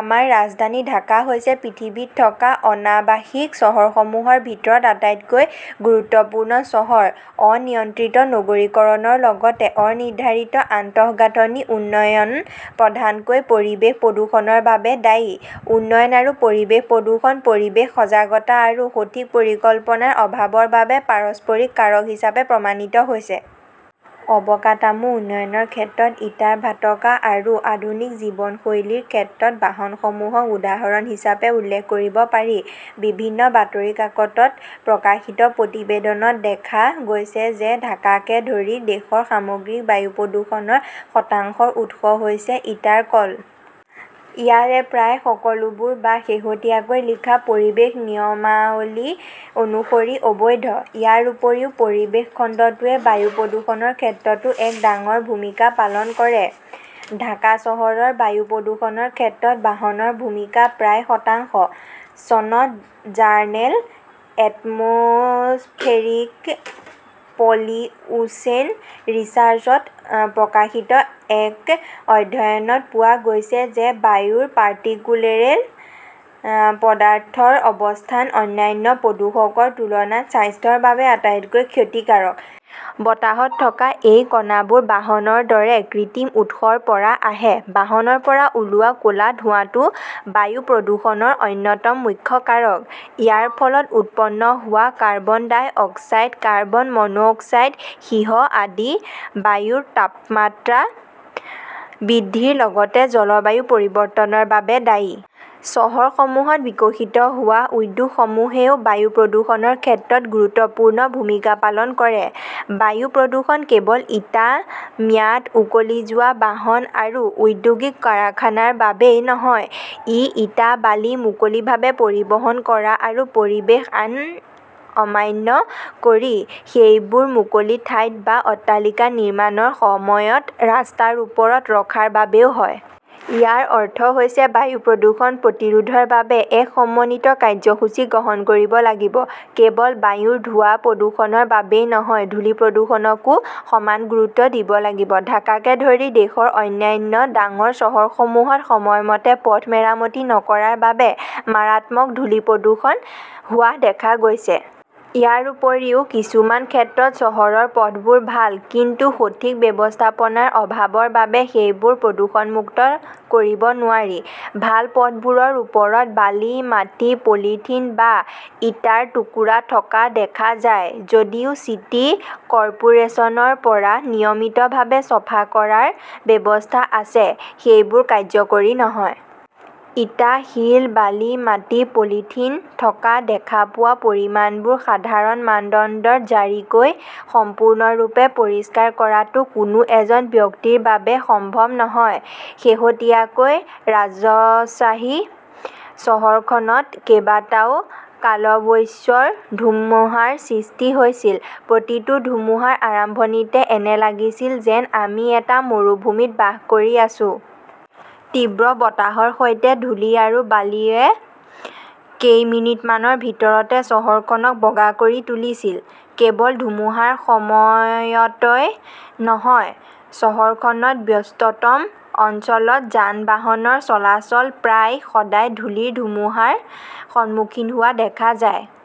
আমাৰ ৰাজধানী ঢাকা হৈছে পৃথিৱীত থকা অনাবাসিক চহৰসমূহৰ ভিতৰত আটাইতকৈ গুৰুত্বপূৰ্ণ চহৰ। অনিয়ন্ত্ৰিত নগৰীকৰণৰ লগতে অনিৰ্ধাৰিত আন্তঃগাঁথনি উন্নয়ন প্ৰধানকৈ পৰিৱেশ প্ৰদূষণৰ বাবে দায়ী। উন্নয়ন আৰু পৰিৱেশ প্ৰদূষণ পৰিৱেশ সজাগতা আৰু সঠিক পৰিকল্পনাৰ অভাৱৰ বাবে পাৰস্পৰিক কাৰক হিচাপে প্ৰমাণিত হৈছে। অবকাটামো উন্নয়নৰ ক্ষেত্ৰত ইটাৰ ভাটকা আৰু আধুনিক জীৱনশৈলীৰ ক্ষেত্ৰত বাহনসমূহক উদাহৰণ হিচাপে উল্লেখ কৰিব পাৰি। বিভিন্ন বাতৰি কাকতত প্ৰকাশিত প্ৰতিবেদনত দেখা গৈছে যে ঢাকাকে ধৰি দেশৰ সামগ্ৰিক বায়ু প্ৰদূষণৰ শতাংশৰ উৎস হৈছে ইটাৰ কল। ইয়াৰে প্ৰায় সকলোবোৰ বা শেহতীয়াকৈ লিখা পৰিৱেশ নিয়মাৱলী অনুসৰি অবৈধ। ইয়াৰ উপৰিও, পৰিবহণ খণ্ডটোৱে বায়ু প্ৰদূষণৰ ক্ষেত্ৰতো এক ডাঙৰ ভূমিকা পালন কৰে। ঢাকা চহৰৰ বায়ু প্ৰদূষণৰ ক্ষেত্ৰত বাহনৰ ভূমিকা প্ৰায় শতাংশ। চনত জাৰ্নেল "এটমছফেৰিক পলিউশ্যন ৰিচাৰ্চ ত প্ৰকাশিত এক অধ্যয়নত পোৱা গৈছে যে বায়ুৰ পাৰ্টিকুলেৰেল পদাৰ্থৰ অৱস্থান অন্যান্য প্ৰদূষকৰ তুলনাত স্বাস্থ্যৰ বাবে আটাইতকৈ ক্ষতিকাৰক। বতাহত থকা এই কণাবোৰ বাহনৰ দৰে কৃত্ৰিম উৎসৰ পৰা আহে। বাহনৰ পৰা ওলোৱা ক 'লা ধোৱাটো বায়ু প্ৰদূষণৰ অন্যতম মুখ্য কাৰক। ইয়াৰ ফলত উৎপন্ন হোৱা carbon dioxide, carbon monoxide, সীহ আদি বায়ুৰ তাপমাত্ৰা বৃদ্ধিৰ লগতে জলবায়ু পৰিৱৰ্তনৰ বাবে দায়ী। চহৰসমূহত বিকশিত হোৱা উদ্যোগসমূহেও বায়ু প্ৰদূষণৰ ক্ষেত্ৰত গুৰুত্বপূৰ্ণ ভূমিকা পালন কৰে। বায়ু প্ৰদূষণ কেৱল ইটা, ম্যাদ উকলি যোৱা বাহন আৰু ঔদ্যোগিক কাৰখানাৰ বাবেই নহয়, ই ইটা-বালি মুকলিভাৱে পৰিবহণ কৰা আৰু পৰিৱেশ আইন অমান্য কৰি সেইবোৰ মুকলি ঠাইত বা অট্টালিকা নিৰ্মাণৰ সময়ত ৰাস্তাৰ ওপৰত ৰখাৰ বাবেও হয়। ইয়াৰ অৰ্থ হৈছে বায়ু প্ৰদূষণ প্ৰতিৰোধৰ বাবে এক সমন্বিত কাৰ্যসূচী গ্ৰহণ কৰিব লাগিব, কেৱল বায়ুৰ ধোৱা প্ৰদূষণৰ বাবেই নহয়, ধূলি প্ৰদূষণকো সমান গুৰুত্ব দিব লাগিব। ঢাকাকে ধৰি দেশৰ অন্যান্য ডাঙৰ চহৰসমূহত সময়মতে পথ মেৰামতি নকৰাৰ বাবে মাৰাত্মক ধূলি প্ৰদূষণ হোৱা দেখা গৈছে। ইয়াৰ উপৰিও, কিছুমান ক্ষেত্ৰত চহৰৰ পথবোৰ ভাল, কিন্তু সঠিক ব্যৱস্থাপনাৰ অভাৱৰ বাবে সেইবোৰ প্ৰদূষণমুক্ত কৰিব নোৱাৰি। ভাল পথবোৰৰ ওপৰত বালি, মাটি, পলিথিন বা ইটাৰ টুকুৰা থকা দেখা যায়। যদিও চিটি কৰ্পোৰেচনৰ পৰা নিয়মিতভাৱে চাফা কৰাৰ ব্যৱস্থা আছে, সেইবোৰ কাৰ্যকৰী নহয়। ইটা-শিল-বালি-মাটি-পলিথিন থকা দেখা পোৱা পৰিমাণবোৰ সাধাৰণ মানদণ্ডৰ ঝাৰিকৈ সম্পূৰ্ণৰূপে পৰিষ্কাৰ কৰাটো কোনো এজন ব্যক্তিৰ বাবে সম্ভৱ নহয়। শেহতীয়াকৈ ৰাজশ্বাহী চহৰখনত কেইবাটাও কালবৈশ্বৰ ধুমুহাৰ সৃষ্টি হৈছিল। প্ৰতিটো ধুমুহাৰ আৰম্ভণিতে এনে লাগিছিল যেন আমি এটা মৰুভূমিত বাস কৰি আছো। তীব্ৰ বতাহৰ সৈতে ধূলি আৰু বালিৱে কেইমিনিটমানৰ ভিতৰতে চহৰখনক বগা কৰি তুলিছিল। কেৱল ধুমুহাৰ সময়তই নহয়, চহৰখনৰ ব্যস্ততম অঞ্চলত যান-বাহনৰ চলাচল প্ৰায় সদায় ধূলিৰ ধুমুহাৰ সন্মুখীন হোৱা দেখা যায়।